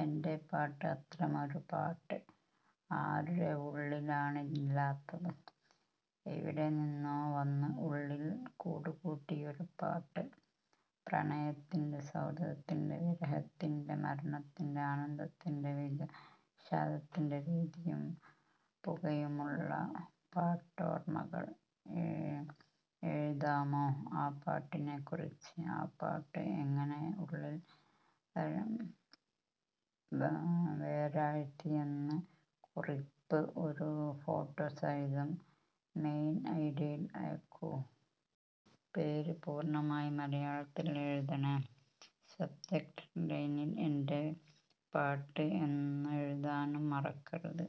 എൻ്റെ പാട്ട്: അത്തരമൊരു പാട്ട് ആരുടെ ഉള്ളിലാണില്ലാത്തത്. എവിടെനിന്നോ വന്ന് ഉള്ളിൽ കൂടുകൂട്ടിയൊരു പാട്ട്. പ്രണയത്തിൻ്റെ, സൗഹൃദത്തിൻ്റെ, വിരഹത്തിൻ്റെ, മരണത്തിൻ്റെ, ആനന്ദത്തിൻ്റെ, വിഷാദത്തിൻ്റെ രീതീയും പുകയുമുള്ള പാട്ടോർമ്മക്കൾ. എഴുതാമോ, ആ പാട്ടിനെക്കുറിച്ച്. ആ പാട്ട് എങ്ങനെ ഉള്ളിൽ വേരാഴ്ത്തിയെന്ന്. കുറിപ്പ് ഒരു ഫോട്ടോ സഹിതം മെയിൽ ഐഡിയിൽ അയക്കൂ. പേര് പൂർണ്ണമായി മലയാളത്തിൽ എഴുതണേ, സബ്ജെക്ട് ലൈനിൽ എൻ്റെ പാട്ട് എന്നെഴുതാനും മറക്കരുത്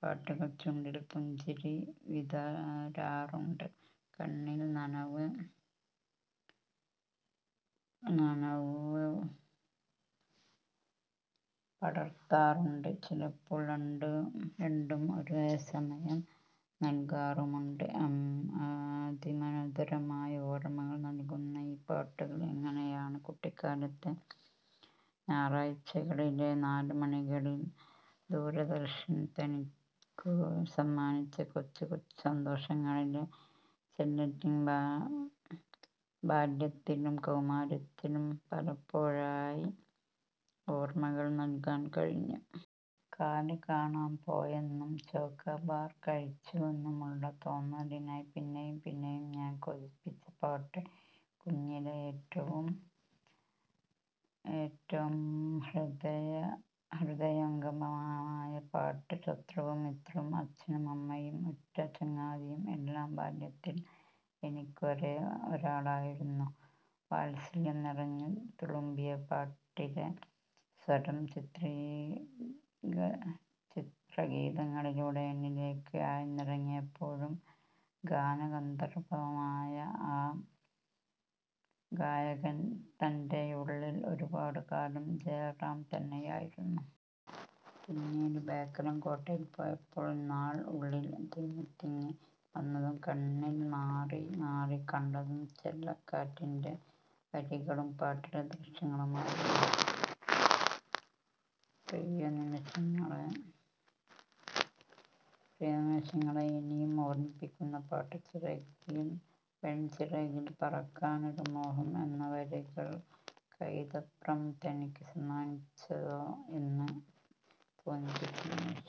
പാട്ടുകൾ ചുണ്ടിൽ പുഞ്ചിരി വിതരാറുണ്ട്. കണ്ണിൽ നനവ് നനവ് പടർത്താറുണ്ട്. ചിലപ്പോൾ, രണ്ടു രണ്ടും ഒരേസമയം നൽകാറുമുണ്ട്. അതിമധുരമായ ഓർമകൾ നൽകുന്ന ഈ പാട്ടുകൾ അങ്ങനെയാണ്. കുട്ടിക്കാലത്തെ ഞായറാഴ്ചകളിലെ നാലുമണികളിൽ ദൂരദർശൻ തനിക്കു സമ്മാനിച്ച 'കൊച്ചു കൊച്ചു സന്തോഷങ്ങളിലെ ചെല്ലറ്റിമ്പ’ ബാല്യത്തിലും കൗമാരത്തിലും പലപ്പോഴായി ഓർമ്മകൾ നൽകാൻ കഴിഞ്ഞു. കാല് കാണാൻ പോയെന്നും ചോക്കോബാർ കഴിച്ചുവെന്നുമുള്ള തോന്നലിനായി പിന്നെയും പിന്നെയും കാണാൻ കൊതിപ്പിച്ച പാട്ട്. കുഞ്ഞിലെ ഏറ്റവും ഏറ്റവും ഹൃദയംഗമമായ പാട്ട്. ശത്രുവും മിത്രവും അച്ഛനും അമ്മയും ഉറ്റചങ്ങാതിയും എല്ലാം ബാല്യത്തിൽ എനിക്ക് ഒരേ ഒരാളായിരുന്നു വാത്സല്യം നിറഞ്ഞു തുളുമ്പിയ പാട്ടിലെ സ്വരം ചിത്രഗീ ചിത്രഗീതങ്ങളിലൂടെ എന്നിലേക്ക് ആഴ്ന്നിറങ്ങിയപ്പോഴും ഗാനഗന്ധർവനായ ആ ഗായകൻ തൻ്റെയുള്ളിൽ ഒരുപാടുകാലം ജയറാം തന്നെയായിരുന്നു. പിന്നീട്, ബേക്കലം കോട്ടയിൽ പോയ നാൾ ഉള്ളിൽ തിങ്ങി തിങ്ങി വന്നതും കണ്ണിൽ മാറി മാറി കണ്ടതും ചെല്ലക്കാറ്റിൻ്റെ വരികളും പാട്ടിലെ ദൃശ്യങ്ങളുമായിരുന്നു. പ്രിയ നിമിഷങ്ങളെ പ്രിയ നിമിഷങ്ങളെ ഇനിയും ഓർമ്മിപ്പിക്കുന്ന പാട്ട് "ചിറകിൽ വെൺചിറകിൽ പറക്കാനൊരു മോഹം" എന്ന വരികൾ കൈതപ്രം തനിക്ക് സമ്മാനിച്ചതോ എന്ന് തോന്നിപ്പിച്ച നിമിഷം.